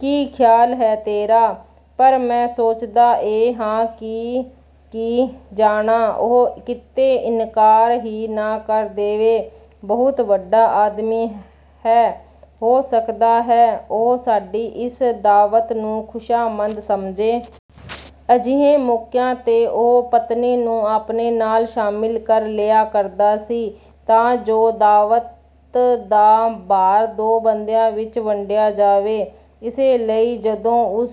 ਕੀ ਖਿਆਲ ਹੈ ਤੇਰਾ, ਪਰ ਮੈਂ ਸੋਚਦਾ ਇਹ ਹਾਂ ਕਿ ਕੀ ਜਾਣਾਂ, ਉਹ ਕਿਤੇ ਇਨਕਾਰ ਹੀ ਨਾ ਕਰ ਦੇਵੇ। ਬਹੁਤ ਵੱਡਾ ਆਦਮੀ ਹੈ। ਹੋ ਸਕਦਾ ਹੈ ਉਹ ਸਾਡੀ ਇਸ ਦਾਅਵਤ ਨੂੰ ਖੁਸ਼ਾਮਦ ਸਮਝੇ। ਅਜਿਹੇ ਮੌਕਿਆਂ ’ਤੇ ਉਹ ਪਤਨੀ ਨੂੰ ਆਪਣੇ ਨਾਲ ਸ਼ਾਮਿਲ ਕਰ ਲਿਆ ਕਰਦਾ ਸੀ ਤਾਂ ਜੋ ਦਾਅਵਤ ਦਾ ਭਾਰ ਦੋ ਬੰਦਿਆਂ ਵਿੱਚ ਵੰਡਿਆ ਜਾਵੇ। ਇਸੇ ਲਈ ਜਦੋਂ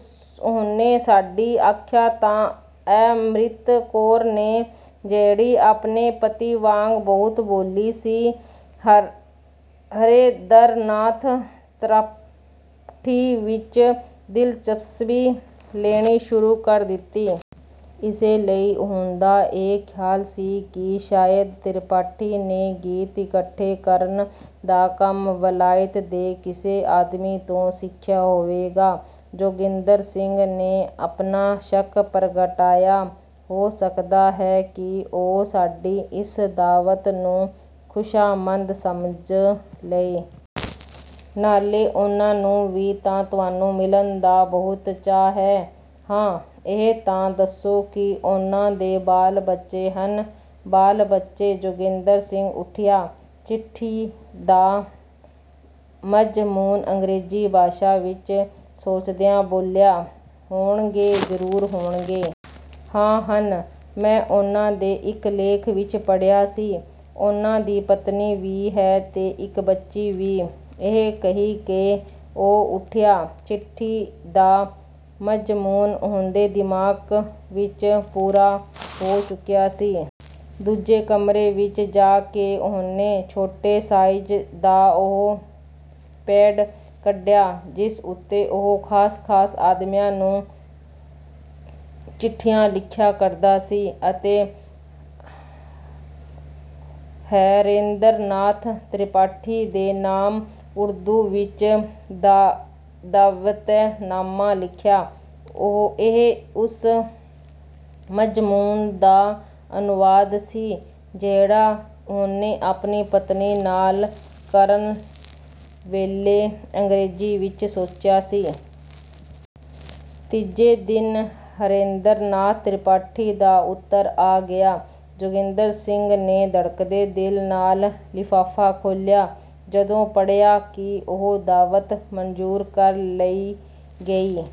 ਉਹਨੇ ਸਾਡੀ ਆਖਿਆ ਤਾਂ ਅੰਮ੍ਰਿਤ ਕੌਰ ਨੇ, ਜਿਹੜੀ ਆਪਣੇ ਪਤੀ ਵਾਂਗ ਬਹੁਤ ਭੋਲੀ ਸੀ, ਹਰੇਂਦਰ ਨਾਥ ਤ੍ਰਿਪਾਠੀ ਵਿੱਚ ਦਿਲਚਸਪੀ ਲੈਣੀ ਸ਼ੁਰੂ ਕਰ ਦਿੱਤੀ। ਇਸੇ ਲਈ ਉਹਦਾ ਇਹ ਖਿਆਲ ਸੀ ਕਿ ਸ਼ਾਇਦ ਤ੍ਰਿਪਾਠੀ ਨੇ ਗੀਤ ਇਕੱਠੇ ਕਰਨ ਦਾ ਕੰਮ ਵਲਾਇਤ ਦੇ ਕਿਸੇ ਆਦਮੀ ਤੋਂ ਸਿੱਖਿਆ ਹੋਵੇਗਾ। ਜੋਗਿੰਦਰ ਸਿੰਘ ਨੇ ਆਪਣਾ ਸ਼ੱਕ ਪ੍ਰਗਟਾਇਆ, ਹੋ ਸਕਦਾ ਹੈ ਉਹ ਸਾਡੀ ਇਸ ਦਾਅਵਤ ਨੂੰ ਖੁਸ਼ਾਮਦ ਸਮਝ ਲਏ। ਨਾਲੇ ਉਨ੍ਹਾਂ ਨੂੰ ਵੀ ਤਾਂ ਤੁਹਾਨੂੰ ਮਿਲਣ ਦਾ ਬਹੁਤ ਚਾਅ ਹੈ। ਹਾਂ, ਇਹ ਤਾਂ ਦੱਸੋ ਕੀ ਉਨ੍ਹਾਂ ਦੇ ਬਾਲ-ਬੱਚੇ ਹਨ? ਬਾਲ-ਬੱਚੇ! ਜੋਗਿੰਦਰ ਸਿੰਘ ਉਠਿਆ। ਚਿੱਠੀ ਦਾ ਮਜ਼ਮੂਨ ਅੰਗ੍ਰੇਜ਼ੀ ਭਾਸ਼ਾ ਵਿੱਚ ਸੋਚਦਿਆਂ ਬੋਲਿਆ, ਹੋਣਗੇ, ਜ਼ਰੂਰ ਹੋਣਗੇ। ਹਾਂ ਹਨ। ਮੈਂ ਉਨ੍ਹਾਂ ਦੇ ਇੱਕ ਲੇਖ ਵਿੱਚ ਪੜ੍ਹਿਆ ਸੀ, ਉਨ੍ਹਾਂ ਦੀ ਪਤਨੀ ਵੀ ਹੈ ਤੇ ਇੱਕ ਬੱਚੀ ਵੀ। ਇਹ ਕਹਿ ਕੇ ਉਹ ਉਠਿਆ, ਚਿੱਠੀ ਦਾ ਮਜ਼ਮੂਨ ਉਹਦੇ ਦਿਮਾਗ ਵਿੱਚ ਪੂਰਾ ਹੋ ਚੁੱਕਿਆ ਸੀ। ਦੂਜੇ ਕਮਰੇ ਵਿੱਚ ਜਾ ਕੇ ਉਹਨੇ ਛੋਟੇ ਸਾਈਜ਼ ਦਾ ਉਹ ਪੈਡ ਕੱਢਿਆ ਜਿਸ ਉੱਤੇ ਉਹ ਖਾਸ-ਖਾਸ ਆਦਮੀਆਂ ਨੂੰ ਚਿੱਠੀਆਂ ਲਿਖਿਆ ਕਰਦਾ ਸੀ ਅਤੇ ਹਰੇਂਦਰ ਨਾਥ ਤ੍ਰਿਪਾਠੀ ਦੇ ਨਾਮ ਉਰਦੂ ਵਿੱਚ ਦਾਅਵਤਨਾਮਾ ਲਿਖਿਆ। ਇਹ ਉਸ ਮਜ਼ਮੂਨ ਦਾ ਅਨੁਵਾਦ ਸੀ ਜਿਹੜਾ ਉਹਨੇ ਆਪਣੀ ਪਤਨੀ ਨਾਲ ਗੱਲ ਕਰਨ ਵੇਲੇ ਅੰਗ੍ਰੇਜ਼ੀ ਵਿੱਚ ਸੋਚਿਆ ਸੀ। ਤੀਜੇ ਦਿਨ ਹਰੇਂਦਰ ਨਾਥ ਤ੍ਰਿਪਾਠੀ ਦਾ ਉੱਤਰ ਆ ਗਿਆ। ਜੋਗਿੰਦਰ ਸਿੰਘ ਨੇ ਧੜਕਦੇ ਦਿਲ ਨਾਲ ਲਿਫ਼ਾਫ਼ਾ ਖੋਲ੍ਹਿਆ। ਜਦੋਂ ਪੜ੍ਹਿਆ ਕਿ ਉਹਦੀ ਦਾਅਵਤ ਮਨਜ਼ੂਰ ਕਰ ਲਈ ਗਈ